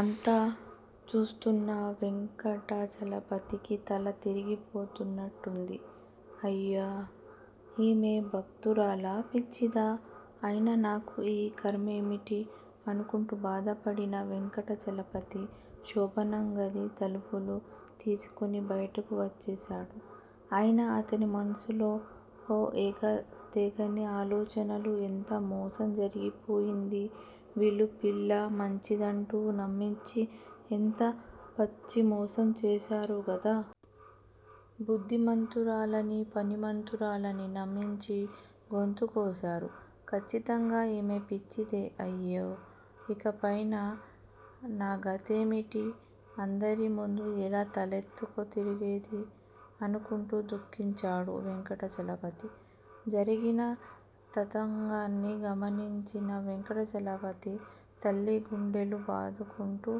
అంతా చూస్తున్న వెంకటాచలపతికి తల తిరిగిపోతున్నట్లుంది. అయ్యో! ఈమె భక్తురాలా? పిచ్చిదా? అయినా నాకు ఈ ఖర్మేమిటి? అనుకుంటూ బాధపడిన వెంకటాచలపతి శోభనం గది తలుపులు తీసుకుని బయటకు వచ్చేశాడు. అయినా అతని మనసులో ఎడతెగని ఆలోచనలు ఎంత మోసం జరిగిపోయింది! వీళ్ళు పిల్ల మంచిదంటూ నమ్మించి, ఎంత పచ్చి మోసం చేశారో గదా! బుదిమంతురాలని, పని మంతురాలని నమ్మించి గొంతు కోశారు. ఖచ్చితంగా ఈమె పిచ్చిదే. అయ్యో! ఇకపై నా గతేమిటి అందరి ముందు ఎలా తలెత్తుకు తిరిగేది? అనుకుంటూ దుఃఖించాడు వెంకటాచలపతి. జరిగిన తతంగాన్ని గమనించిన వెంకటాచలపతి తల్లి గుండెలు బాదుకుంటూ,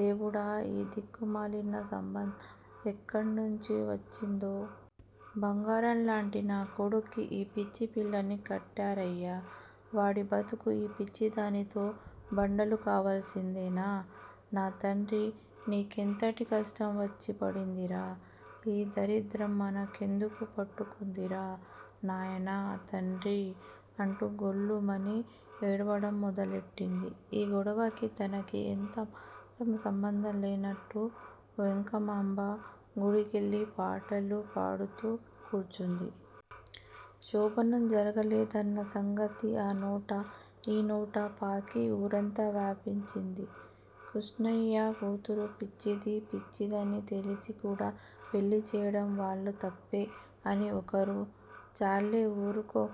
దేవుడా! ఈ దిక్కుమాలిన సంబంధం ఎక్కడ్నుంచి వచ్చిందో? బంగారం లాంటి నా కొడుక్కి ఈ పిచ్చి పిల్లని కట్టరయ్యే! వాడి బతుకు ఈ పిచ్చిదానితో బండలు కావలసిందేనా? నా తండ్రీ, నీకెంతటి కష్టం వచ్చి పడిందిరా? ఈ దరిద్రం మనకే ఎందుకు పట్టుకుందిరా. నాయనా! తండ్రీ!! అంటూ గొల్లుమని ఏడవడం మొదలెట్టింది. ఈ గొడవకీ, తనకీ ఎంత మాత్రం సంబంధం లేనట్లు వెంగమాంబ, గుడికెళ్ళి పాటలు పాడుతూ కూర్చుంది. శోభనం జరగలేదన్న సంగతి ఆ నోటా, ఈ నోటా పాకి, ఊరంతా వ్యాపించింది. కృష్ణయ్య కూతురు పిచ్చిది, పిచ్చిదని తెలిసి కూడా పెళ్ళి చేయడం వాళ్ళ తప్పే అని ఒకరు, చాల్లే ఊరుకో.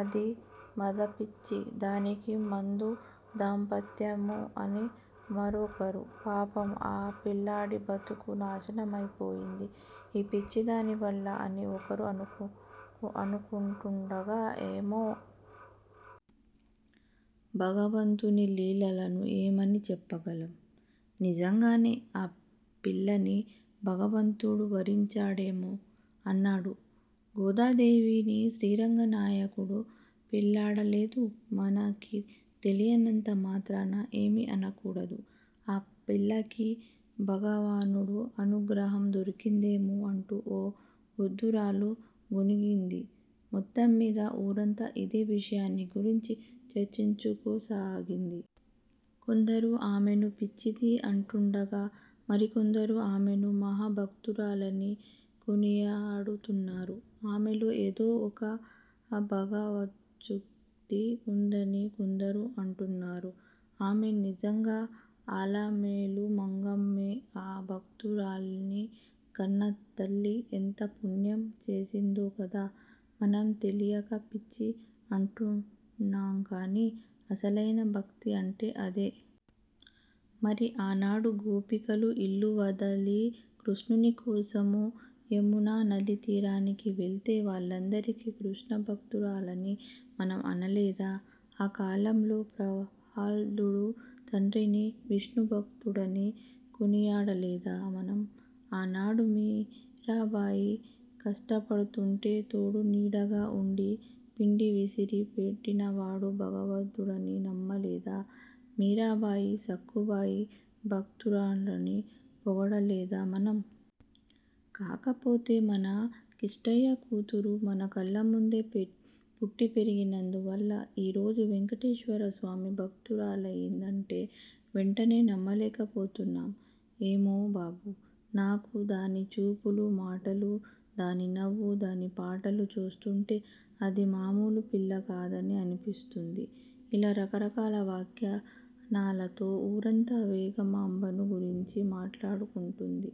అది మదపిచ్చి. డానికి మందు దాంపత్యమే అని మరొకరూ, పాపం, ఆ పిల్లాడి బతుకు నాశనమపోయింది, ఈ పిచ్చిదాని వల్ల అని ఒకరు అనుకొంటుండగా, ఏమో! భగవంతుని లీలలను ఏమని చెప్పగలం? నిజంగానే ఆ పిల్లని భగవంతుడు వరించాడేమో! ఆనాడు గోదాదేవిని శ్రీరంగనాయకుడు పెళ్ళాడలేదూ! మనకి తెలియనంత మాత్రాన ఏమీ అనకూడదు. ఆ పిల్లకి భగవానుడి అనుగ్రహం దొరికిందేమో! అంటూ ఓ వృద్దురాలు గొణిగింది. మొత్తంమీద ఊరంతా ఇదే విషయాన్ని గురించి చర్చించుకోసాగింది. కొందరు ఆమెను పిచ్చిది అంటుండగా, మరికొందరు ఆమెను మహాభక్తురాలని కొనియాడుతున్నారు. ఆమెలో ఏదో ఒక భగవచ్ఛక్తి ఉందని కొందరు అంటున్నారు. ఆమె నిజంగా అలమేలు మంగమ్మేమో! ఆ భక్తురాలీని కన్నతల్లి ఎంత పుణ్యం చేసిందో కదా! మనం తెలియక పిచ్చి అంటున్నాంకానీ, అసలైన భక్తి అంటే అదే! మరి ఆనాడు, గోపికలు ఇల్లు వదలి కృష్ణుని కోసం యమునా నదీతీరానికి వెళ్ళితే, వాళ్ళందరినీ కృష్ణ భక్తురాళ్ళని మనం అనలేదా? ఆ కాలంలో ప్రహ్లాదుడు తండ్రిని విష్ణుభక్తుడని కొనియాడలేదా మనం? ఆనాడు మీరాబాయి కష్టపడుతుంటే, తోడునీడగా ఉండి, పిండి విసిరి పెట్టినవాడు భగవంతుడని నమ్మలేదా? మీరాబాయి, సక్కుబాయి భక్తురాండ్రని పొగడలేదా మనం? కాకపొతే, మన కిష్ణయ్య కూతురు మన కళ్ళముందే పుట్టి పెరిగినందువల్ల, ఈ రోజు వెంకటేశ్వరస్వామి భక్తురాలైందంటే, వెంటెనే నమ్మలేకపోతున్నాం. ఏమో బాబూ! నాకు దాని చూపులు, మాటలు, దాని నవ్వు, దాని పాటలను చూస్తుంటే, అది మామూలు పిల్ల కాదనే అనిపిస్తోంది. ఇలా రకరకాల వ్యాఖ్యానాలతో ఊరంతా వెంగమాంబను గురించే మాట్లాడుకుంటోంది.